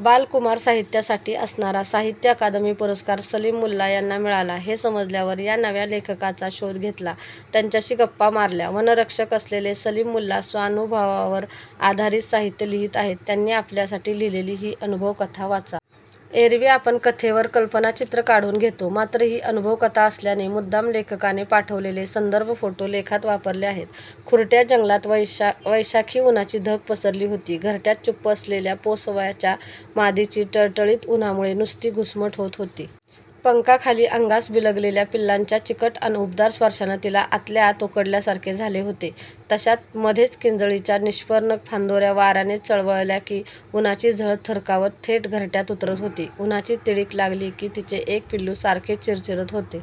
बाल-कुमार साहित्यासाठी असणारा साहित्य अकादमी पुरस्कार सलीम मुल्ला यांना मिळाला हे समजल्यावर या नव्या लेखकाचा शोध घेतला. त्यांच्याशी गप्पा मारल्या. वनरक्षक असलेले सलीम मुल्ला स्वानुभवावर आधारित साहित्य लिहीत आहेत. त्यांनी आपल्यासाठी लिहिलेली ही अनुभव-कथा वाचा. एरवी आपण कथेवर कल्पनाचित्र काढून घेतो, मात्र ही अनुभव-कथा असल्याने मुद्दाम लेखकाने पाठवलेले संदर्भ-फोटो लेखात वापरले आहेत. खुरट्या जंगलात वैशाखी उन्हाची धग पसरली होती. घरट्यात चुप्प बसलेल्या पोसव्याच्या मादीची टळटळीत उन्हामुळे नुसती घुसमट होत होती. पंखाखाली अंगास बिलगलेल्या पिलांच्या चिकट अन् उबदार स्पर्शाने तिला आतल्या आत उकडल्यासारखे झाले होते. तशात मध्येच किंजळीच्या निष्पर्ण फांदोऱ्या वाऱ्याने चळवळल्या की, उन्हाची झळ थरकावत थेट घरट्यात उतरत होती. उन्हाची तिडीक लागली की, तिचे एक पिलू सारखे चिरचिरत होते.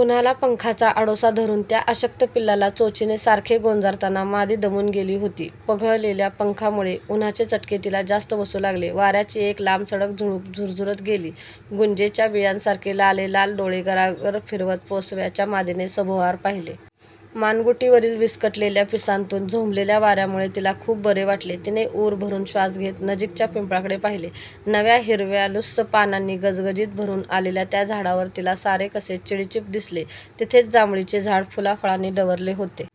उन्हाला पंखाचा आडोसा धरून त्या अशक्त पिलाला चोचीने सारखे गोंजारताना मादी दमून गेली होती. पघळलेल्या पंखामुळे उन्हाचे चटके तिला जास्त बसू लागले. वाऱ्याची एक लांबसडक झुळूक झुरझुरत गेली. गुंजेच्या बियांसारखे लालेलाल डोळे गरगर फिरवत पोसव्याच्या मादीने सभोवार पाहिले. मानगुटीवरील विस्कटलेल्या पिसांतून झोंबलेल्या वाऱ्यामुळे तिला खूप बरे वाटले. तिने ऊर भरून श्वास घेत नजीकच्या पिंपळाकडे पाहिले. नव्या हिरव्यालुस्स पानांनी गजगजीत भरून आलेल्या त्या झाडावर तिला सारे कसे चिडीचिप्प दिसले. तिथेच जांभळीचे झाड फुलाफळांनी डवरले होते.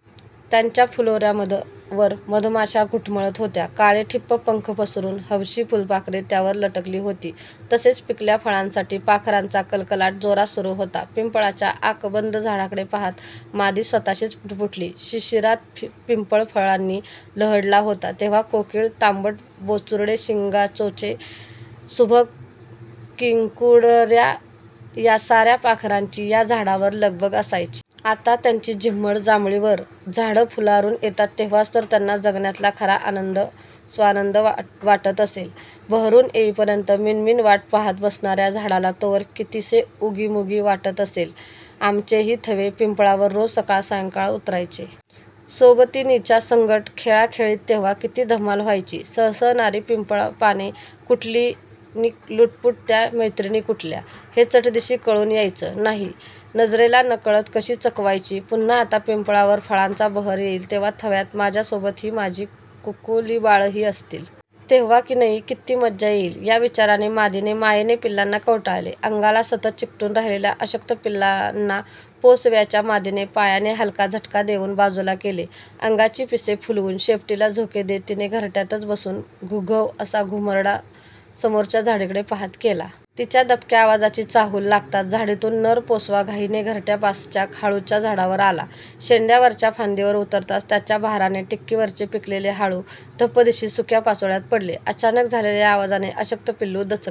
त्याच्या फुलोऱ्यावर मधमाशा घुटमळत होत्या. काळेठिप्प पंख पसरून हबशी फुलपाखरे त्यावर लटकली होती. तसेच पिकल्या फळांसाठी पाखरांचा कलकलाट जोरात सुरू होता. पिंपळाच्या आकबंद झाडाकडे पाहत मादी स्वतःशीच पुटपुटली, 'शिशिरात पिंपळ फळांनी लहडला होता तेव्हा कोकिळ, तांबट, बोचुर्डे, शिंगचोचे, सुभग, किंकुडऱ्या या साऱ्या पाखरांची या झाडावर लगबग असायची. आता त्यांची झिम्मड जांभळीवर..! झाडं फुल्लारून येतात तेव्हाच तर त्यांना जगण्यातला खरा स्वानंद वाटत असेल. बहरून येईपर्यंत मिणमिण वाट पाहत बसणाऱ्या झाडाला तोवर कितीसे उगीमुगी वाटत असेल! आमचेही थवे पिंपळावर रोज सकाळ-सायंकाळ उतरायचे. सोबतीणीच्या संगट खेळाखेळीत तेव्हा किती धम्माल व्हायची? सळसळणारी पिंपळपाने कुठली नि लुटपुटत्या मैत्रिणी कुठल्या! हे चटदिशी कळूनच यायचं नाही! नजरेला नकळत कशी चकवायची! पुन्हा आता या पिंपळावर फळांचा बहर येईल तेव्हा थव्यात माझ्यासोबत ही माझी कुकुलीबाळंही असतील. तेव्हा किनई किती मज्जा येईल!' या विचारात मादीने मायेने पिलांना कवटाळले. अंगाला सतत चिटकून राहिलेल्या अशक्त पिलांना पोसव्याच्या मादीने पायाने हलका झटका देऊन बाजूला केले. अंगाची पिसे फुलवून शेपटीला झोके देत तिने घरट्यातच बसून घु-घुव्व असा घुमरडा समोरच्या झाडीकडे पाहत केला. तिच्या दबक्या आवाजाची चाहूल लागताच झाडीतून नर पोसवा घाईने घरट्यापासच्या हाळूच्या झाडावर आला. शेंड्यावरच्या फांदीवर उतरताच त्याच्या भाराने टिक्कीवरचे पिकलेले हाळू धप्पदिशी सुक्या पाचोळ्यात पडले. अचानक झालेल्या त्या आवाजाने अशक्त पिलू दचकले.